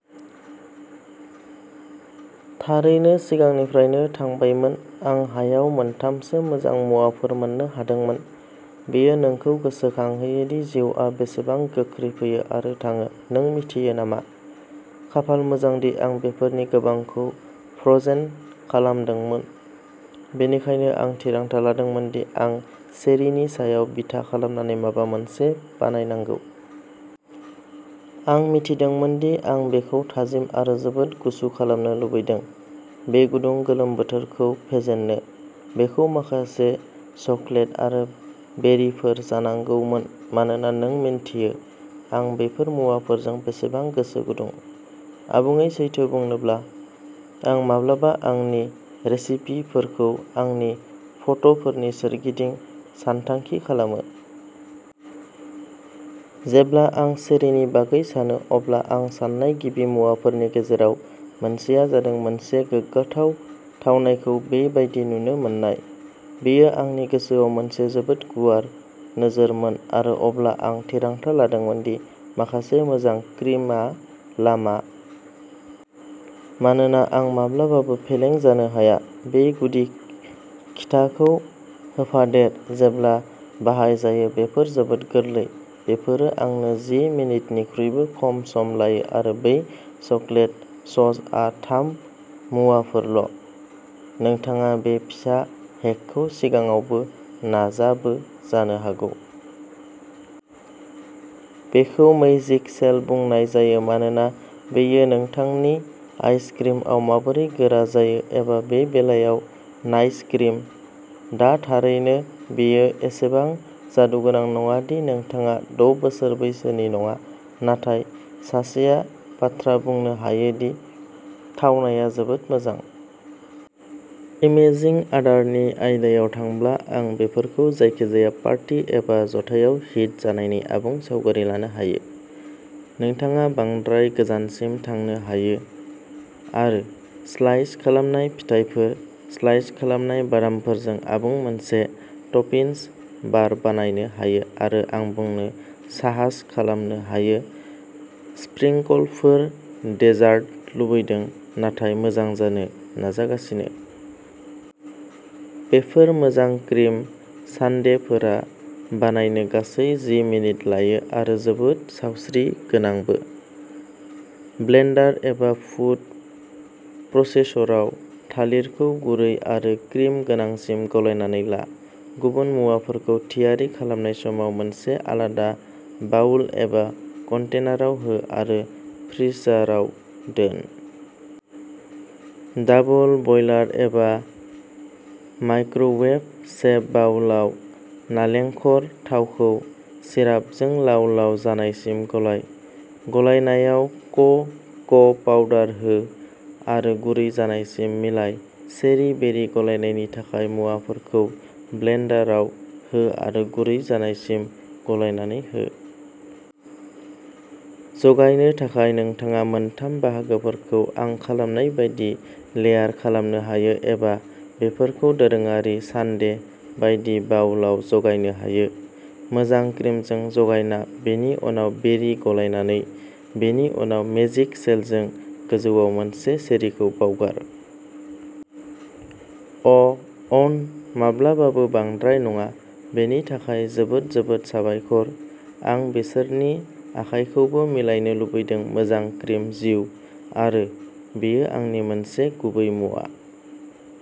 थारैनो सिगांनिफ्रायनो थांबायमोन। आं हायाव मोनथामसो मोजां मुवाफोर मोननो हादोंमोन। बेयो नोंखौ गोसोखांहोयो दि जिउआ बेसेबां गोख्रै फैयो आरो थाङो, नों मिथियो नामा? खाफाल मोजां दि आं बेफोरनि गोबांखौ फ्र'जेन खालामदोंमोन, बेनिखायनो आं थिरांथा लादोंमोन दि आं चेरीनि सायाव बिथा खालामनानै माबा मोनसे बानायनांगौ। आं मिथिदोंमोन दि आं बेखौ थाजिम आरो जोबोद गुसु खालामनो लुबैदों, बे गुदुं गोलोम बोथोरखौ फेजेननो। बेखौ माखासे चकलेट आरो बेरिफोर जानांगौमोन मानोना नों मिन्थियो आं बैफोर मुवाफोरजों बेसेबां गोसो गुदुं। आबुङै सैथो बुंनोब्ला, आं माब्लाबा आंनि रेसिपिफोरखौ आंनि फट'फोरनि सोरगिदिं सानथांखि खालामो। जेब्ला आं चेरीनि बागै सानो, अब्ला आं सान्नाय गिबि मुवाफोरनि गेजेराव मोनसेआ जादों मोनसे गोग्गाथाव थावनायखौ बे बायदि नुनो मोन्नाय। बेयो आंनि गोसोआव मोनसे जोबोद गुवार नोजोरमोन आरो अब्ला आं थिरांथा लादोंमोन दि माखासे मोजां क्रिमआ लामा। मानोना आं माब्लाबाबो फेलें जानो हाया। बे गुदि खिथाखौ होफादेर, जेब्ला बाहायजायो, बेफोर जोबोद गोरलै बेफोरो आंनो जि मिनिटनिख्रुइबो खम सम लायो आरो बै चकलेट ससआ थाम-मुवाफोरल'। नोंथाङा बे फिसा हेकखौ सिगाङावबो नाजाबो जानो हागौ। बेखौ मैजिक शेल बुंनाय जायो मानोना बेयो नोंथांनि आइसक्रिमाव माबोरै गोरा जायो, एबा बे बेलायाव नाइस क्रिम। दा थारैनो बेयो एसेबां जादुगोनां नङा जुदि नोंथाङा द' बोसोर बैसोनि नङा, नाथाय सासेया बाथ्रा बुंनो हायो दि थावनाया जोबोद मोजां। इमेजिं आदारनि आयदायाव थांब्ला, आं बेफोरखौ जायखिजाया पार्टी एबा जथायाव हिट जानायनि आबुं सावगारि लानो हायो। नोंथाङा बांद्राय गोजानसिम थांनो हायो आरो स्लाइस खालामनाय फिथाइफोर स्लाइस खालामनाय बादामफोरजों आबुं मोनसे टपिंस बार बानायनो हायो आरो आं बुंनो साहास खालामनो हायो स्प्रिंकलफोर डेजार्ट लुबैदों नाथाय मोजां जानो नाजागासिनो? बेफोर मोजां क्रिम सानडेफोरा बानायनो गासै जि मिनिट लायो आरो जोबोद सावस्रिगोनांबो। ब्लेन्डार एबा फुड प्रसेसराव थालिरखौ गुरै आरो क्रिम गोनांसिम गलायनानै ला। गुबुन मुवाफोरखौ थियारि खालामनाय समाव मोनसे आलादा बाउल एबा कन्टेनाराव हो आरो फ्रिजाराव दोन। डाबल बयलार एबा माइक्र'वेभ सेफ बाउलआव नालेंखर थावखौ सिरापजों लाव लाव जानायसिम गलाइ। गलायनायाव क' क' पाउडार हो आरो गुरै जानायसिम मिलाइ चेरि बेरि गलायनायनि थाखाय, मुवाफोरखौ ब्लेन्डाराव हो आरो गुरै जानायसिम गलायनानै हो। जगायनो थाखाय नोंथाङा मोनथाम बाहागोफोरखौ आं खालामनाय बायदि लेयार खालामनो हायो एबा बेफोरखौ दोरोङारि सानडे बायदि बाउलआव जगायनो हायो मोजां क्रिमजों जागायना बेनि उनाव बेरि गलायनानै बेनि उनाव मेजिक सेलजों। गोजौआव मोनसे चेरीखौ बावगार। अ' अन माब्लाबाबो बांद्राय नङा। बेनि थाखाय जोबोद जोबोद साबायखर। आं बिसोरनि आखायखौबो मिलायनो लुबैदों मोजां क्रिम जिउ आरो बेयो आंनि मोनसे गुबै मुवा।